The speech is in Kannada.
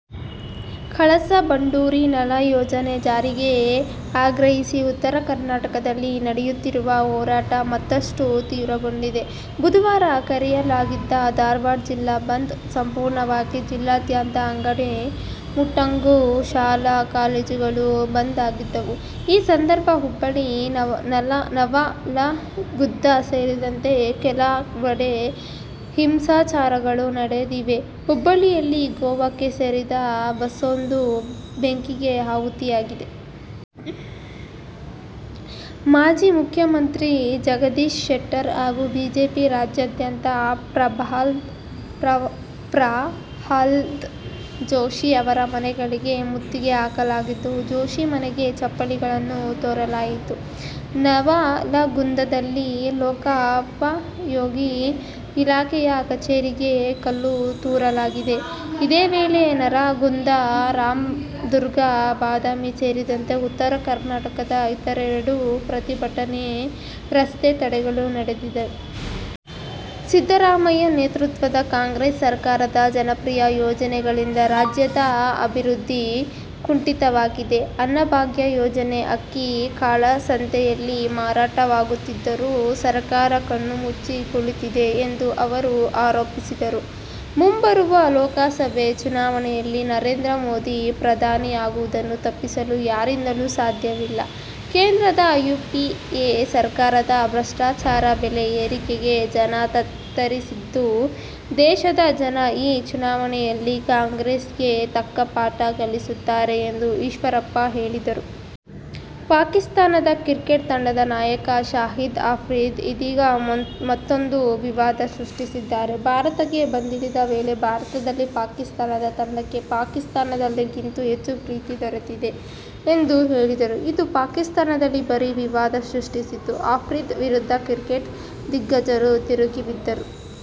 ಕಳಸಾ-ಬಂಡೂರಿ ನಾಲಾ ಯೋಜನೆ ಜಾರಿಗೆ ಆಗ್ರಹಿಸಿ ಉತ್ತರ ಕರ್ನಾಟಕದಲ್ಲಿ ನಡೆಯುತ್ತಿರುವ ಹೋರಾಟ ಮತ್ತಷ್ಟು ತೀವ್ರಗೊಂಡಿದೆ. ಬುಧವಾರ ಕರೆಯಲಾಗಿದ್ದ ಧಾರವಾಡ ಜಿಲ್ಲಾ ಬಂದ್ ಸಂಪೂರ್ಣವಾಗಿತ್ತು. ಜಿಲ್ಲಾದ್ಯಂತ ಅಂಗಡಿ-ಮುಂಗಟ್ಟು, ಶಾಲಾ-ಕಾಲೇಜುಗಳು ಬಂದ್ ಆಗಿದ್ದವು. ಈ ಸಂದರ್ಭ ಹುಬ್ಬಳ್ಳಿ, ನವಲಗುಂದ ಸೇರಿದಂತೆ ಕೆಲವೆಡೆ ಹಿಂಸಾಚಾರಗಳು ನಡೆದಿವೆ. ಹುಬ್ಬಳ್ಳಿಯಲ್ಲಿ ಗೋವಾಕ್ಕೆ ಸೇರಿದ ಬಸ್ಸೊಂದು ಬೆಂಕಿಗೆ ಆಹುತಿಯಾಗಿದೆ. ಮಾಜಿ ಮುಖ್ಯಮಂತ್ರಿ ಜಗದೀಶ ಶೆಟ್ಟರ್ ಹಾಗೂ ಬಿಜೆಪಿ ರಾಜ್ಯಾಧ್ಯಕ್ಷ ಪ್ರಹ್ಲಾದ್ ಜೋಶಿ ಅವರ ಮನೆಗಳಿಗೆ ಮುತ್ತಿಗೆ ಹಾಕಲಾಗಿದ್ದು, ಜೋಶಿ ಮನೆಗೆ ಚಪ್ಪಲಿಗಳನ್ನು ತೂರಲಾಯಿತು. ನವಲಗುಂದದಲ್ಲಿ ಲೋಕೋಪಯೋಗಿ ಇಲಾಖೆಯ ಕಚೇರಿಗೆ ಕಲ್ಲು ತೂರಲಾಗಿದೆ. ಇದೇ ವೇಳೆ, ನರಗುಂದ, ರಾಮದುರ್ಗ, ಬಾದಾಮಿ ಸೇರಿದಂತೆ ಉತ್ತರ ಕರ್ನಾಟಕದ ಇತರೆಡೆಯೂ ಪ್ರತಿಭಟನೆ, ರಸ್ತೆ ತಡೆಗಳು ನಡೆದಿವೆ. ಸಿದ್ದರಾಮಯ್ಯ ನೇತೃತ್ವದ ಕಾಂಗ್ರೆಸ್ ಸರಕಾರದ ಜನಪ್ರಿಯ ಯೋಜನೆಗಳಿಂದ ರಾಜ್ಯದ ಅಭಿವೃದ್ಧಿ ಕುಂಠಿತವಾಗಿದೆ. ಅನ್ನಭಾಗ್ಯ ಯೋಜನೆಯ ಅಕ್ಕಿ ಕಾಳಸಂತೆಯಲ್ಲಿ ಮಾರಾಟವಾಗುತ್ತಿದ್ದರೂ ಸರಕಾರ ಕಣ್ಣು ಮುಚ್ಚಿ ಕುಳಿತಿದೆ ಎಂದು ಅವರು ಆರೋಪಿಸಿದರು. ಮುಂಬರುವ ಲೋಕಸಭೆ ಚುನಾವಣೆಯಲ್ಲಿ ನರೇಂದ್ರ ಮೋದಿ ಪ್ರಧಾನಿಯಾಗುವುದನ್ನು ತಪ್ಪಿಸಲು ಯಾರಿಂದಲೂ ಸಾಧ್ಯವಿಲ್ಲ. ಕೇಂದ್ರದ ಯುಪಿಎ ಸರಕಾರದ ಭ್ರಷ್ಟಾಚಾರ, ಬೆಲೆ ಏರಿಕೆಗೆ ಜನ ತತ್ತರಿಸಿದ್ದು, ದೇಶದ ಜನ ಈ ಚುನಾವಣೆಯಲ್ಲಿ ಕಾಂಗ್ರೆಸ್ಗೆ ತಕ್ಕ ಪಾಠ ಕಲಿಸುತ್ತಾರೆ ಎಂದು ಈಶ್ವರಪ್ಪ ಹೇಳಿದರು. ಪಾಕಿಸ್ತಾನ ಕ್ರಿಕೆಟ್ ತಂಡದ ನಾಯಕ ಶಾಹಿದ್ ಅಫ್ರಿದಿ ಇದೀಗ ಮತ್ತೂಂದು ವಿವಾದ ಸೃಷ್ಟಿಸಿದ್ದಾರೆ. ಭಾರತಕ್ಕೆ ಬಂದಿಳಿದ ವೇಳೆ ಭಾರತದಲ್ಲಿ ಪಾಕಿಸ್ತಾನ ತಂಡಕ್ಕೆ ಪಾಕಿಸ್ತಾನದಲ್ಲಿಗಿಂತ ಹೆಚ್ಚು ಪ್ರೀತಿ ದೊರೆಯುತ್ತಿದೆ ಎಂದು ಹೇಳಿದ್ದರು. ಇದು ಪಾಕಿಸ್ತಾನದಲ್ಲಿ ಭಾರೀ ವಿವಾದ ಸೃಷ್ಟಿಸಿತ್ತು. ಅಫ್ರಿದಿ ವಿರುದ್ಧ ಕ್ರಿಕೆಟ್ ದಿಗ್ಗಜರು ತಿರುಗಿಬಿದ್ದಿದ್ದರು.